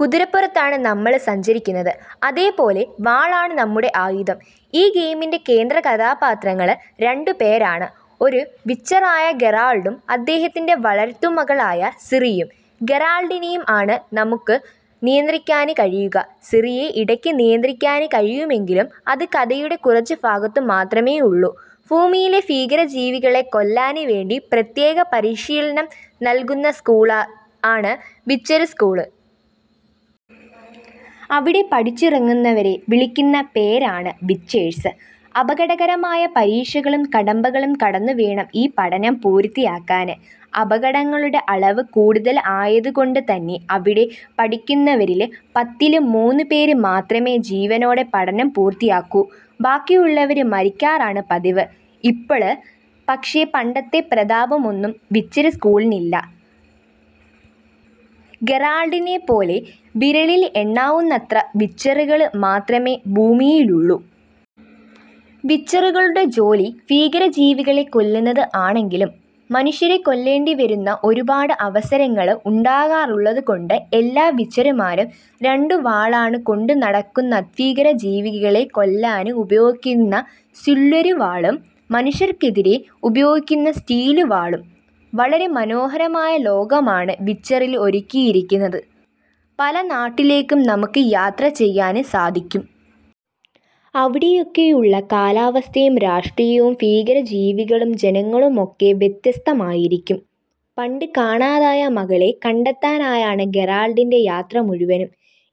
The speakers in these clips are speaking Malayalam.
കുതിരപ്പുറത്താണ് നമ്മള് സഞ്ചരിക്കുന്നത്, അതേ പോലെ വാളാണ് നമ്മുടെ ആയുധം. ഈ ഗെയിമിന്റെ കേന്ദ്രകഥാപാത്രങ്ങള് രണ്ടുപേരാണ്ഒരു വിച്ചറായ ഗെറാള്ഡും, അദ്ദേഹത്തിന്റെ വളര്ത്തു മകളായ സിറിയും. ഗെറാള്ഡിനെ ആണ് നമുക്ക് നിയന്ത്രിക്കാന് കഴിയുക, സിറിയെ ഇടക്ക് നിയന്ത്രിക്കാന് കഴിയുമെങ്കിലും അത് കഥയുടെ കുറച്ചു ഭാഗത്തു മാത്രമേ ഉള്ളൂ. ഭൂമിയിലെ ഭീകരജീവികളെ കൊല്ലാന് വേണ്ടി പ്രത്യേക പരിശീലനം നല്കുന്ന സ്കൂള് ആണ് 'വിച്ചര് സ്കൂള്'. അവിടെ പഠിച്ചിറങ്ങുന്നവരെ വിളിക്കുന്ന പേരാണ് 'വിച്ചേഴ്സ്'. അപകടകരമായ പരീക്ഷകളും കടമ്പകളും കടന്നു വേണം ഈ പഠനം പൂര്ത്തിയാക്കാന്. അപകടങ്ങളുടെ അളവ് കൂടുതല് ആയത് കൊണ്ട് തന്നെ അവിടെ പഠിക്കുന്നവരില് പത്തില് മൂന്നു പേര് മാത്രമേ ജീവനോടെ പഠനം പൂര്ത്തിയാക്കൂ. ബാക്കിയുള്ളവര് മരിക്കാറാണ് പതിവ്. ഇപ്പൊള് പക്ഷേ പണ്ടത്തെ പ്രതാപമൊന്നും വിച്ചര് സ്കൂളിനില്ല, ഗെറാള്ഡിനേപ്പോലെ വിരളില് എണ്ണാവുന്നത്ര വിച്ചറുകള് മാത്രമേ ഭൂമിയിലുള്ളു. വിച്ചറുകളുടെ ജോലി ഭീകരജീവികളെ കൊല്ലുന്നത് ആണെങ്കിലും മനുഷ്യരെ കൊല്ലേണ്ടി വരുന്ന ഒരുപാട് അവസരങ്ങള് ഉണ്ടാകാറുള്ളതുകൊണ്ട് എല്ലാ വിച്ചര്മാരും രണ്ടുവാളാണ് കൊണ്ടുനടക്കുന്നത്ഭീകര ജീവികളെ കൊല്ലാന് ഉപയോഗിക്കുന്ന സില്വര് വാളും, മനുഷ്യര്ക്കെതിരെ ഉപയോഗിക്കുന്ന സ്റ്റീല് വാളും. വളരെ മനോഹരമായ ലോകമാണ് വിച്ചറില് ഒരുക്കിയിരിക്കുന്നത്. പല നാട്ടിലേക്കും നമുക്ക് യാത്ര ചെയ്യാന് സാധിക്കും. അവിടെയൊക്കെയുളള കാലാവസ്ഥയും രാഷ്ട്രീയവും ഭീകരജീവികളും ജനങ്ങളുമൊക്കെ വ്യത്യസ്തം ആയിരിക്കും. പണ്ട് കാണാതായ മകളെ കണ്ടെത്താനായാണ് ഗെറാള്ഡിന്റെ യാത്ര മുഴുവനും.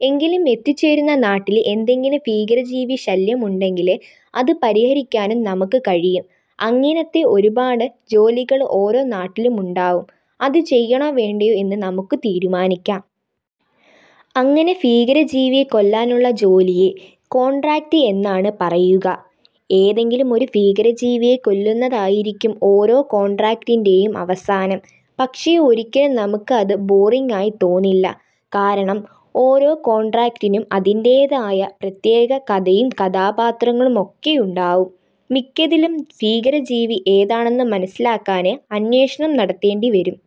എങ്കിലും എത്തിചേരുന്ന നാട്ടില് എന്തെങ്കിലും ഭീകരജീവി ശല്യം ഉണ്ടെങ്കില് അത് പരിഹരിക്കാനും നമുക്ക് കഴിയും. അങ്ങിനത്തെ ഒരുപാട് ജോലികള് ഓരോ നാട്ടിലും ഉണ്ടാവും. അത് ചെയ്യണോ വേണ്ടയോ എന്ന് നമുക്ക് തീരുമാനിക്കാം. അങ്ങനെ ഭീകരജീവിയെ കൊല്ലാനുള്ള ജോലിയെ കോണ്ഡ്രാക്റ്റ് എന്നാണ് പറയുക. ഏതെങ്കിലും ഒരു ഭീകരജീവിയെ കൊല്ലുന്നതായിരിക്കും ഓരോ കോണ്ഡ്രാക്റ്റിന്റേയും അവസാനം. പക്ഷെ ഒരിക്കലും നമുക്ക് അത് ബോറിംഗ് ആയി തോന്നില്ല. കാരണം ഓരോ കോണ്ഡ്രാക്റ്റിനും അതിന്റേതായ പ്രത്യേക കഥയും കഥാപാത്രങ്ങളും ഒക്കെയുണ്ടാവും. മിക്കതിലും ഭീകരജീവി ഏതാണെന്നു മനസിലാക്കാന് അന്വേഷണം നടത്തേണ്ടി വരും.